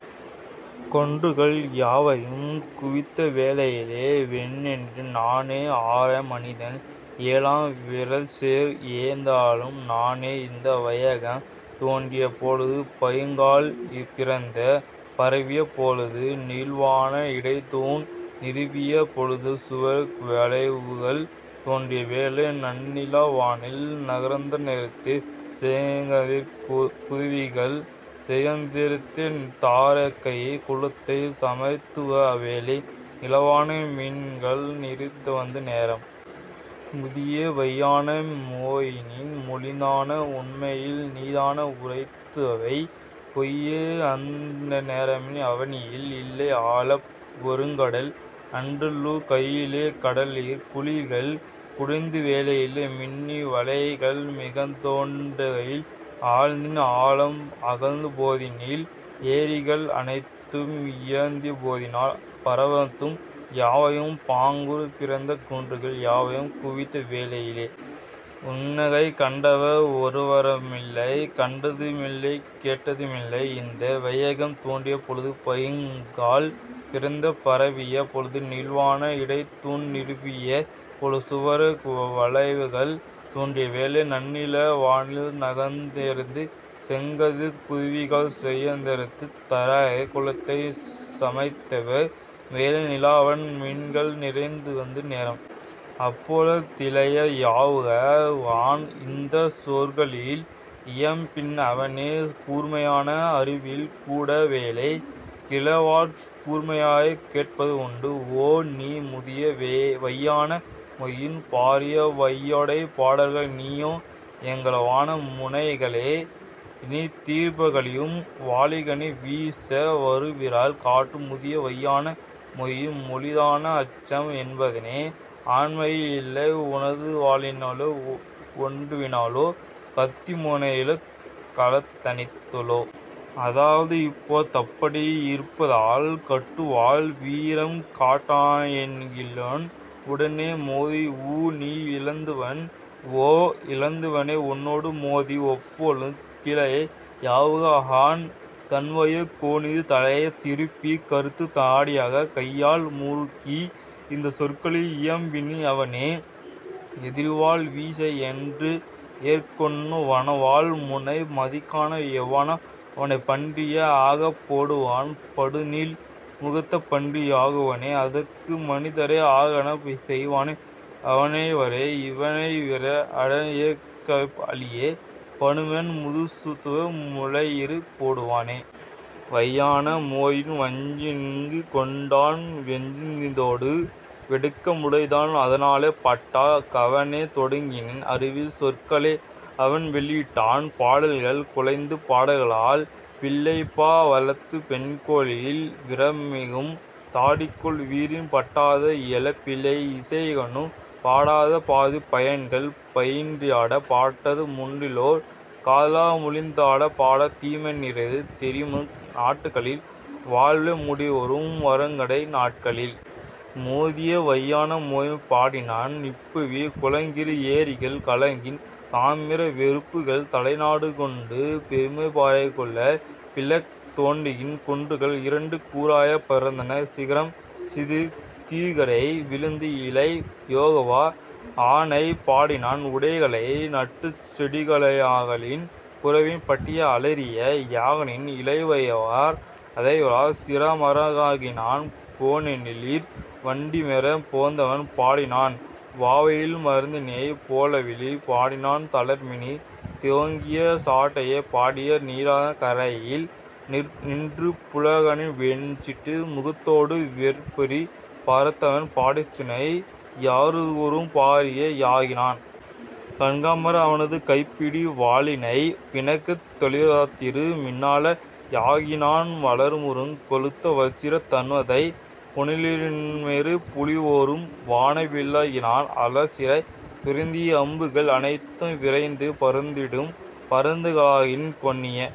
குன்றுகள் யாவையும் குவித்தவேளையிலே வேறென்ன நானே ஆறாம் மனிதன் ஏழாம் விறல்சேர் ஏந்தலும் நானே இந்த வையகம் தோன்றிய பொழுது பைங்கால் பிறந்து பரவிய பொழுது நீள்வான் இடைத்தூண் நிறுவிய பொழுது சுவர்க்க வளைவுகள் தோன்றிய வேளை நன்னிலா வானில் நகர்ந்தநேரத்தே செங்கதிர்க் குதவிகள் செய்தநேரத்தே தாரகைக் குலத்தைச் சமைத்தஅவ் வேளை நீலவான் மீன்கள் நிறைத்தவந் நேரம். முதிய வைனா மொயினன் மொழிந்தான் உண்மையில் நீதான் உரைத்தவை பொய்யே அந்நேரம்நீ அவனியில் இல்லை ஆழப் பெருங்கடல் அன்றுழு கையிலே கடலிற் குழிகள் குடைந்தவேளையிலே மீனின் வளைகள் மிகத்தோண்டுகையில் ஆழத்தின் ஆழம் அகழ்ந்தபொதினிலே ஏரிகள் அனைத்தும் இயைந்தபோதினிலே பருவதம் யாவையும் பாங்குறப் பிரித்து குன்றுகள் யாவையும் குவித்தவேளையிலே. உன்னைக் கண்டவர் ஒருவருமில்லை கண்டதுமில்லைக் கேட்டதுமில்லை இந்த வையகம் தோன்றிய பொழுது பைங்கால் பிறந்து பரவிய பொழுது நீள்வான் இடைத்தூண் நிறுவிய பொழுது சுவர்க்க வளைவுகள் தோன்றிய வேளை. நன்னிலா வானில் நகர்ந்தநேரத்தே செங்கதிர்க் குதவிகள் செய்தநேரத்தே தாரகைக் குலத்தைச் சமைத்தஅவ் வேளை நீலவான் மீன்கள் நிறைத்தவந் நேரம். அப்பொழு திளைய யொவுகா ஹைனன் இந்தச் சொற்களில் இயம்பினன் அவனே கூர்மைஎன் அறிவில் கூடிடா வேளை கிளர்வாட் கூர்மையைக் கேட்பது உண்டு ஓ, நீ முதிய வைனா மொயின பாரியவாயுடைப் பாடகன் நீயே எங்கள்வாள் முனைகளே இனித்தீர்ப்பளிக்கும் வாள்களின் வீச்சே வருவிறல் காட்டும். முதிய வைனா மொயினன் மொழிந்தான் அச்சம் என்பதென் ஆண்மையில் இல்லை உனதுவாளினிலோ உன்னறிவினிலோ கத்திமுனையிலோ கள்ளத்தனத்திலோ. அதுவது இப்போ தப்படி யிருப்பதால் கடுவாள் வீரம் காட்டஎண்ணுகிலேன் உன்னுடன் மோதி ஓ, நீ இழிந்தவன் ஓ, இழிந்தவனே உன்னுடன் மோதி. அப்பொழு திளைய யொவுகா ஹைனன் தன்வாய் கோணித் தலையைத் திருப்பி கறுத்தத் தாடியைக் கையால் முறுக்கி இந்தச் சொற்களில் இயம்பினன் அவனே எதிர்வாள் வீச்சை எவன்ஏற்கானோ வன்வாள் முனையை மதிக்கான் எவனோ அவனைப் பன்றியே ஆகப் பாடுவேன் படுநீள் முகத்துப் பன்றி யாக்குவேன் அத்தகு மனிதரை அங்ஙனம் செய்வேன் அவனையவ்வாறே இவனையிவ்வாறே அடர்எருக்குவியலில் அழியப் பண்ணுவேன் முதுப்பசுத்தொழுவ முலையிற் போடுவேன். வைனா மொயினன் வஞ்சினங் கொண்டான் வெஞ்சினத்தோடு வெட்கமுமடைந்தான் அதனால் பாடற் கவனே தொடங்கினன் அறிவுச் சொற்களை அவன்வெளியிட்டான் பாடல்கள் குழந்தைப் பாடல்களல்ல பிள்ளைப்பா வல்லது பெண்கேலியல்ல விறல்மிகும் தாடிகொள் வீரனின் பாட்டது எல்லாப் பிள்ளையும் இசைக்கொணாப் பாட்டது பாதிப் பையன்கள் பயின்றிடாப் பாட்டது மூன்றிலோர் காதலர் மொழிந்திடாப் பாட்டது தீமை நிறைந்து தெரியுமிந் நாட்களில் வாழ்வே முடிவுறும் வறுங்கடை நாட்களில். முதிய வைனா மொயினன் பாடினன் இப்புவி குலுங்கிற் ஏரிகள் கலங்கின தாமிர வெற்புகள் தலைநடுக்குண்டன பெரும்பாறைகளோ பிளக்கத் தொடங்கின குன்றுகள் இரண்டு கூறாய்ப் பறந்தன சிகரம் சிதறித் தெரிகரை வீழ்ந்தன. இளைய யொவுகா ஹைனனைப் பாடினான் உடைகளை நாற்றுச்செடிகளாய்ச்சாக்கினான் புரவியின் பட்டியை அலரியா யாக்கினான் இழுவைவார் அதைவளர் சிறுமரமாக்கினான் பொன்னொளிர் வண்டிமேற் போந்தவன் பாடினான் வாவியில் மரத்தினைப் போல்விழப் பாடினான் தளர்மணி தொங்கிய சாட்டையைப் பாடியே நீரதன் கரையிலே நின்றபுல்லாக்கினான் வெண்சுட்டி முகத்தொடு விறற்பரி பார்த்தவன் படிசுனை யருகுறும் பாறையா யாக்கினான். கனகமார் அவனது கைப்பிடி வாளினை விண்ணகத் தொளிர்தரு மின்னலா யாக்கினான் வளமுறுங் கோலத்து வச்சிர தனுவதை புனலின்மேற் பொலிவுறும் வானவில்லாக்கினான் அலர்சிறை பொருந்திய அம்புகள் அனைத்தையும் விரைந்துவிண் பறந்திடும் பருந்துகளாக்கினான் கோணிய